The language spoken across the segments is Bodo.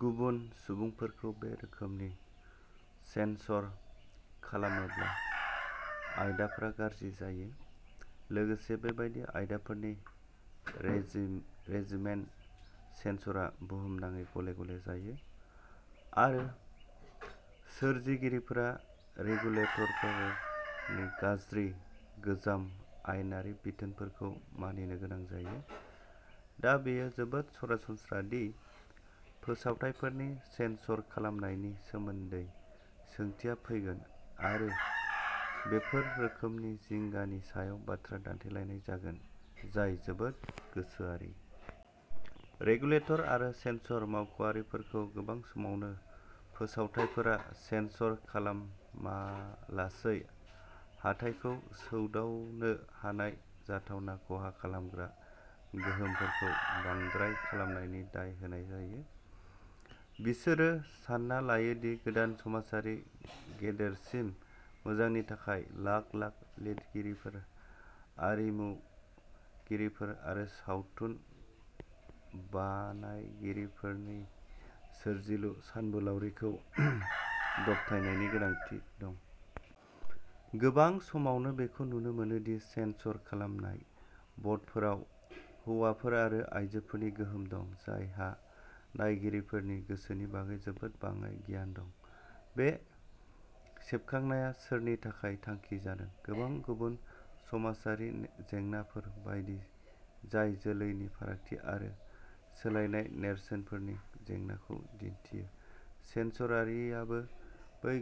गुबुन सुबुंफोरखौ बे रोखोमनि सेन्सर खालामोब्ला आयदाफोरा गाज्रि जायो। लोगोसे बेबादि आयदाफोरनि रेजिमेन सेन्सरआ बुहुमनाङै गले गले जायो आरो सोरजिगिरिफोरा रेगुलेटरफोरनि गाज्रि गोजाम आयेनारि बिथोनफोरखौ मानिनो गोनां जायो। दा बेयो जोबोद सरासनस्रा दि फोसावथाइफोरनि सेन्सर खालामनायनि सोमोन्दै सोंथिया फैगोन आरो बेफोर रोखोमनि जिंगानि सायाव बाथ्रा दान्थेलायनाय जागोन जाय जोबोद गोसोआरि। रेगुलेटर आरो सेन्सर मावख'आरिफोरखौ गोबां समावनो फोसावथाइफोरा सेन्सर खालामालासै हाथाइखौ सौदावनो हानाय जाथावना खहा खालामग्रा गोहोमफोरखौ बांद्राय खालामनायनि दाय होनाय जायो। बिसोरो सानना लायो दि गोदान समाजनि गेदेरसिन मोजांनि थाखाय लाख लाख लिरगिरिफोर आरिमुगिरिफोर आरो सावथुन बानायगिरिफोरनि सोरजिलु सानबोलावरिखौ दबथायनायनि गोनांथि दं। गोबां समावनो बेखौ नुनो मोनो दि सेन्सर खालामनाय बर्डफोराव हौवाफोर आरो आयजोफोरनि गोहोम दं जायहा नायगिरिफोरनि गोसोनि बागै जोबोद बाङाइ गियान दं। बे सेबखांनाया सोरनि थाखाय थांखि जादों। गोबां गुबुन समाजारि जेंनाफोर बायदि जाय जोलैनि फारागथि आरो सोलायनाय नेरसोनफोरनि जेंनाखौ दिन्थियो सेनसरिंआबो बै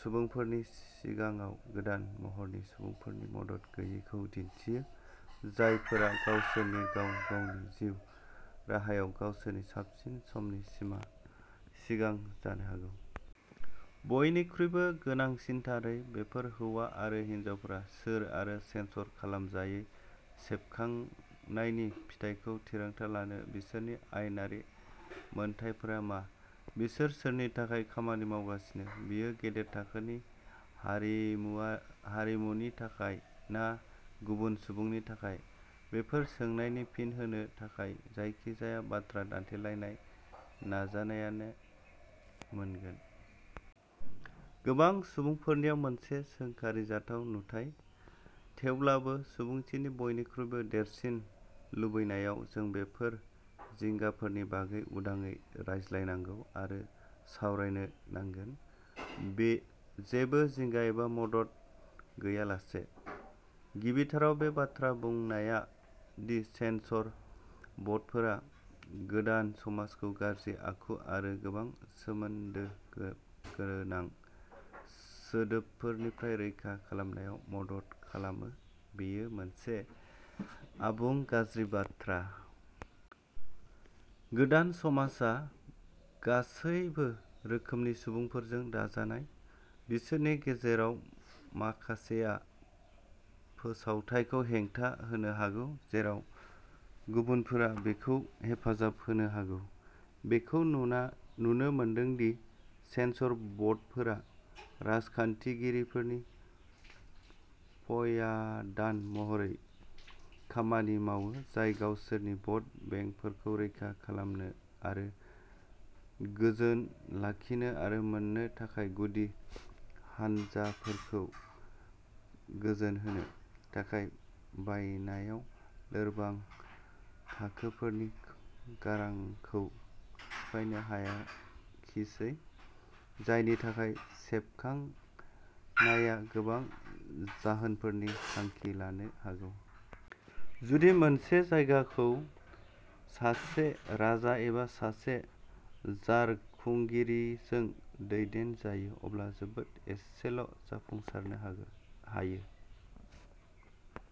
सुबुंफोरनि सिगाङाव गोदान महरनि सुबुंफोरनि मदद गैयैखौ दिन्थियो, जायफोरा गावसोरनि गाव गावनि जिउ राहायाव गावसोरनि साबसिन समनि सिगां जानो हागौ। बयनिख्रुइबो गोनांसिनथारै, बेफोर हौवा आरो हिनजावफोरा सोर आरो सेनसर खालामजायै सेबखांनायनि फिथाइखौ थिरांथा लानो बिसोरनि आयेनारि मोनथायफोरा मा? बिसोर सोरनि थाखाय खामानि मावगासिनो? बेयो गेदेर थाखोनि हारिमुआ हारिमुनि थाखाय ना गुबुन सुबुंनि थाखाय? बेफोर सोंनायनि फिन होनो थाखाय जायखिजाया बाथ्रा दानथेलायनाय नाजानायानो मोनगोन। गोबां सुबुंफोरनिफ्राय मोनसे सोंखारिजाथाव नुथाय। थेवब्लाबो सुबुंथिनि बयनिख्रुइबो देरसिन लुबैनायाव जों बेफोर जिंगाफोरनि बागै उदाङै रायज्लायनांगौ आरो सावरायनो नांगोन बे जेबो जिंगा एबा मदद गैयालासे। गिबिथाराव बे बाथ्रा बुंनाया दि सेनसर बर्डफोरा गोदान समाजखौ गाज्रि आखु आरो गोबां सोमोन्दो गो-गोनां सोदोबफोरनिफ्राय रैखा खालामनायाव मदद खालामो बेयो मोनसे आबुं गाज्रि बाथ्रा। गोदान समाजा गासैबो रोखोमनि सुबुंफोरजों दाजानाय बिसोरनि गेजेराव माखासेआ फोसावथायखौ हेंथा होनो हागौ जेराव गुबुनफोरा बेखौ हेफाजाब होनो हागौ। बेखौ नुनो मोनदों दि सेनसर बर्डफोरा राजखान्थिगिरिफोरनि प्यादान महरै खामानि मावो जाय गावसोरनि भट बेंकफोरखौ रैखा खालामनो आरो गोजोन लाखिनो आरो मोननो थाखाय गुदि हानजाफोरखौ गोजोनहोनो थाखाय बायनायाव लोरबां थाखोफोरनि गारांखौ सिफायनो हायाखिसै जायनि थाखाय सेबखांनाया गोबां जाहोनफोरनि थांखि लानो हागौ। जुदि मोनसे जायगाखौ सासे राजा एबा सासे जारखुंगिरिजों दैदेनजायो अब्ला जोबोद एसेल'जाफुंसारनो हायो।